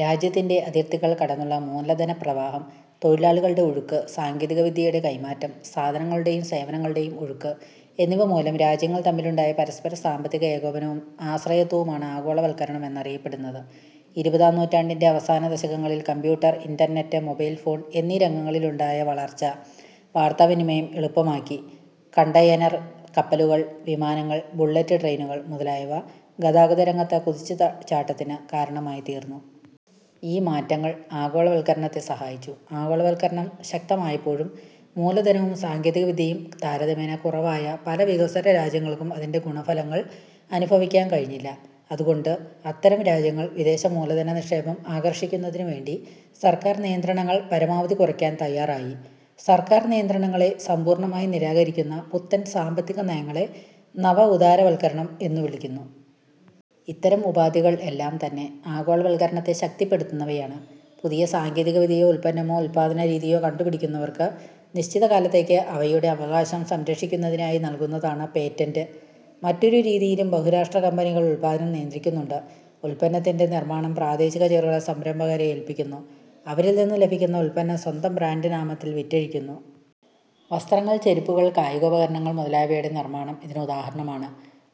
രാജ്യത്തിന്റെ അതിർത്തികൾ കടന്നുള്ള മൂലധനപ്രവാഹം, തൊഴിലാളികളുടെ ഒഴുക്ക്, സാങ്കേതികവിദ്യയുടെ കൈമാറ്റം, സാധനങ്ങളുടെയും സേവനങ്ങളുടെയും ഒഴുക്ക് എന്നിവ മൂലം രാജ്യങ്ങൾ തമ്മിലുണ്ടായ പരസ്പര സാമ്പത്തിക ഏകോപനവും ആശ്രയത്വവുമാണ് ആഗോളവൽക്കരണം എന്നറിയപ്പെടുന്നത്. ഇരുപതാം നൂറ്റാണ്ടിന്റെ അവസാനദശകങ്ങളിൽ കമ്പ്യൂട്ടർ, ഇന്റർനെറ്റ്, മൊബൈൽഫോൺ എന്നീ രംഗങ്ങളിലുണ്ടായ വളർച്ച വാർത്താവിനിമയം എളുപ്പമാക്കി. കണ്ടയനർ കപ്പലുകൾ, വിമാനങ്ങൾ, ബുള്ളറ്റ് ട്രെയിനുകൾ മുതലായവ ഗതാഗത രംഗത്ത് കുതിച്ചുചാട്ടത്തിന് കാരണമായിത്തീർന്നു. ഈ മാറ്റങ്ങൾ ആഗോളവൽക്കരണത്തെ സഹായിച്ചു. ആഗോളവൽക്കരണം ശക്തമായപ്പോഴും മൂലധനവും സാങ്കേതികവിദ്യയും താരതമ്യേന കുറവായ പല വികസ്വരരാജ്യങ്ങൾക്കും അതിന്റെ ഗുണഫലങ്ങൾ അനുഭവിക്കാൻ കഴിഞ്ഞില്ല. അതുകൊണ്ട് അത്തരം രാജ്യങ്ങൾ വിദേശമൂലധനനിക്ഷേപം ആകർഷിക്കുന്നതിനുവേണ്ടി സർക്കാർ നിയന്ത്രണങ്ങൾ പരമാവധി കുറയ്ക്കാൻ തയാറായി. സർക്കാർ നിയന്ത്രണങ്ങളെ സമ്പൂർണമായി നിരാകരിക്കുന്ന പുത്തൻ സാമ്പത്തികനയങ്ങളെ നവ ഉദാരവൽക്കരണം എന്നു വിളിക്കുന്നു. ഇത്തരം ഉപാധികൾ എല്ലാം തന്നെ ആഗോളവൽക്കരണത്ത ശക്തിപ്പെടുത്തുന്നവയാണ്. പുതിയ സാങ്കേതികവിദ്യയോ ഉൽപ്പന്നമോ ഉൽപ്പാദനരീതിയോ കണ്ടുപിടിക്കുന്നവർക്ക് നിശ്ചിതകാലത്തേക്ക് അവയുടെ അവകാശം സംരക്ഷിക്കുന്നതിനായി നൽകുന്നതാണ് പേറ്റന്റ്. മറ്റൊരു രീതിയിലും ബഹുരാഷ്ട്ര കമ്പനികൾ ഉൽപ്പാദനം നിയന്ത്രിക്കുന്നുണ്ട്. ഉൽപ്പന്നത്തിന്റെ നിർമാണം പ്രാദേശിക ചെറുകിട സംരംഭകരെ ഏൽപ്പിക്കുന്നു. അവരിൽനിന്ന് ലഭിക്കുന്ന ഉൽപ്പന്നം സ്വന്തം ബ്രാൻഡ് നാമത്തിൽ വിറ്റഴിക്കുന്നു. വസ്ത്രങ്ങൾ, ചെരുപ്പുകൾ, കായികോപകരണങ്ങൾ മുതലായവയുടെ നിർമാണം ഇതിന് ഉദാഹരണമാണ്.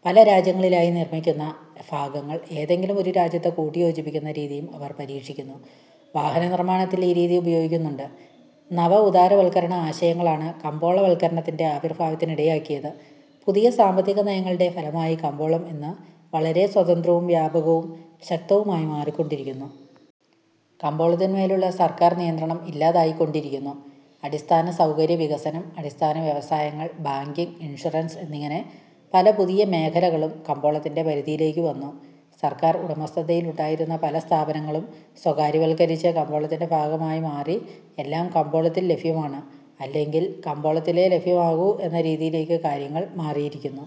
പല രാജ്യങ്ങളിലായി നിർമിക്കുന്ന ഭാഗങ്ങൾ ഏതെങ്കിലും ഒരു രാജ്യത്ത് കൂട്ടിയോജിപ്പിക്കുന്ന രീതിയും അവർ പരീക്ഷിക്കുന്നു. വാഹനനിർമാണത്തിൽ ഈ രീതി ഉപയോഗിക്കുന്നുണ്ട്. നവ ഉദാരവൽക്കരണ ആശയങ്ങളാണ് കമ്പോളവൽക്കരണത്തിന്റെ ആവിർഭാവത്തിനിടയാക്കിയത്. പുതിയ സാമ്പത്തികനയങ്ങളുടെ ഫലമായി കമ്പോളം ഇന്ന് വളരെ സ്വതന്ത്രവും വ്യാപകവും ശക്തവുമായി മാറിക്കൊണ്ടിരിക്കുന്നു. കമ്പോളത്തിൻമേലുള്ള സർക്കാർ നിയന്ത്രണം ഇല്ലാതായിക്കൊണ്ടിരിക്കുന്നു. അടിസ്ഥാന സൗകര്യവികസനം, അടിസ്ഥാന വ്യവസായങ്ങൾ, ബാങ്കിങ്, ഇൻഷുറൻസ് എന്നിങ്ങനെ പല പുതിയ മേഖലകളും കമ്പോളത്തിന്റെ പരിധിയിലേക്കു വന്നു. സർക്കാർ ഉടമസ്ഥതയിലുണ്ടായിരുന്ന പല സ്ഥാപനങ്ങളും സ്വകാര്യവൽക്കരിച്ച് കമ്പോളത്തിന്റെ ഭാഗമായി മാറി. എല്ലാം കമ്പോളത്തിൽ ലഭ്യമാണ്, അല്ലെങ്കിൽ കമ്പോളത്തിലേ ലഭ്യമാകൂ എന്ന രീതിയിലേക്ക് കാര്യങ്ങൾ മാറിയിരിക്കുന്നു.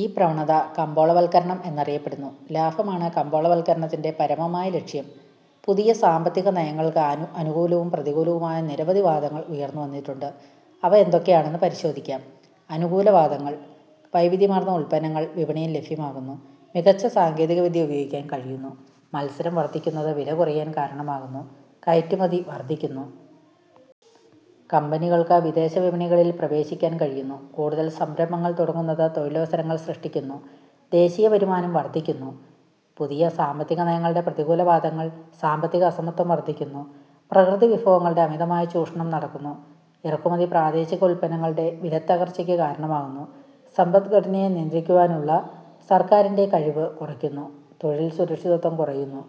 ഈ പ്രവണത കമ്പോളവൽക്കരണം എന്നറിയപ്പെടുന്നു. ലാഭമാണ് കമ്പോളവൽക്കരണത്തിന്റെ പരമമായ ലക്ഷ്യം പുതിയ സാമ്പത്തികനയങ്ങൾക്ക് അനുകൂലവും പ്രതികൂലവുമായ നിരവധി വാദങ്ങൾ ഉയർന്നുവന്നിട്ടുണ്ട്. അവ എന്തൊക്കെയാണെന്ന് പരിശോധിക്കാം. അനുകൂലവാദങ്ങൾ: വൈവിധ്യമാർന്ന ഉൽപ്പന്നങ്ങൾ വിപണിയിൽ ലഭ്യമാകുന്നു. മികച്ച സാങ്കേതികവിദ്യ ഉപയോഗിക്കാൻ കഴിയുന്നു. മത്സരം വർധിക്കുന്നത് വില കുറയാൻ കാരണമാകുന്നു. കയറ്റുമതി വർധിക്കുന്നു. കമ്പനികൾക്ക് വിദേശവിപണികളിൽ പ്രവേശിക്കാൻ കഴിയുന്നു. കൂടുതൽ സംരംഭങ്ങൾ തുടങ്ങുന്നത് തൊഴിലവസരങ്ങൾ സൃഷ്ടിക്കുന്നു. ദേശീയവരുമാനം വർധിക്കുന്നു. പുതിയ സാമ്പത്തികനയങ്ങളുടെ പ്രതികൂല വാദങ്ങൾ: സാമ്പത്തിക അസമത്വം വർധിക്കുന്നു. പ്രകൃതിവിഭവങ്ങളുടെ അമിതമായ ചൂഷണം നടക്കുന്നു. ഇറക്കുമതി പ്രാദേശിക ഉൽപ്പന്നങ്ങളുടെ വിലത്തകർച്ചയ്ക്ക് കാരണമാകുന്നു. സമ്പദ്ഘടനയെ നിയന്ത്രിക്കുവാനുള്ള സർക്കാറിന്റെ കഴിവ് കുറയുന്നു. തൊഴിൽ സുരക്ഷിതത്വം കുറയുന്നു.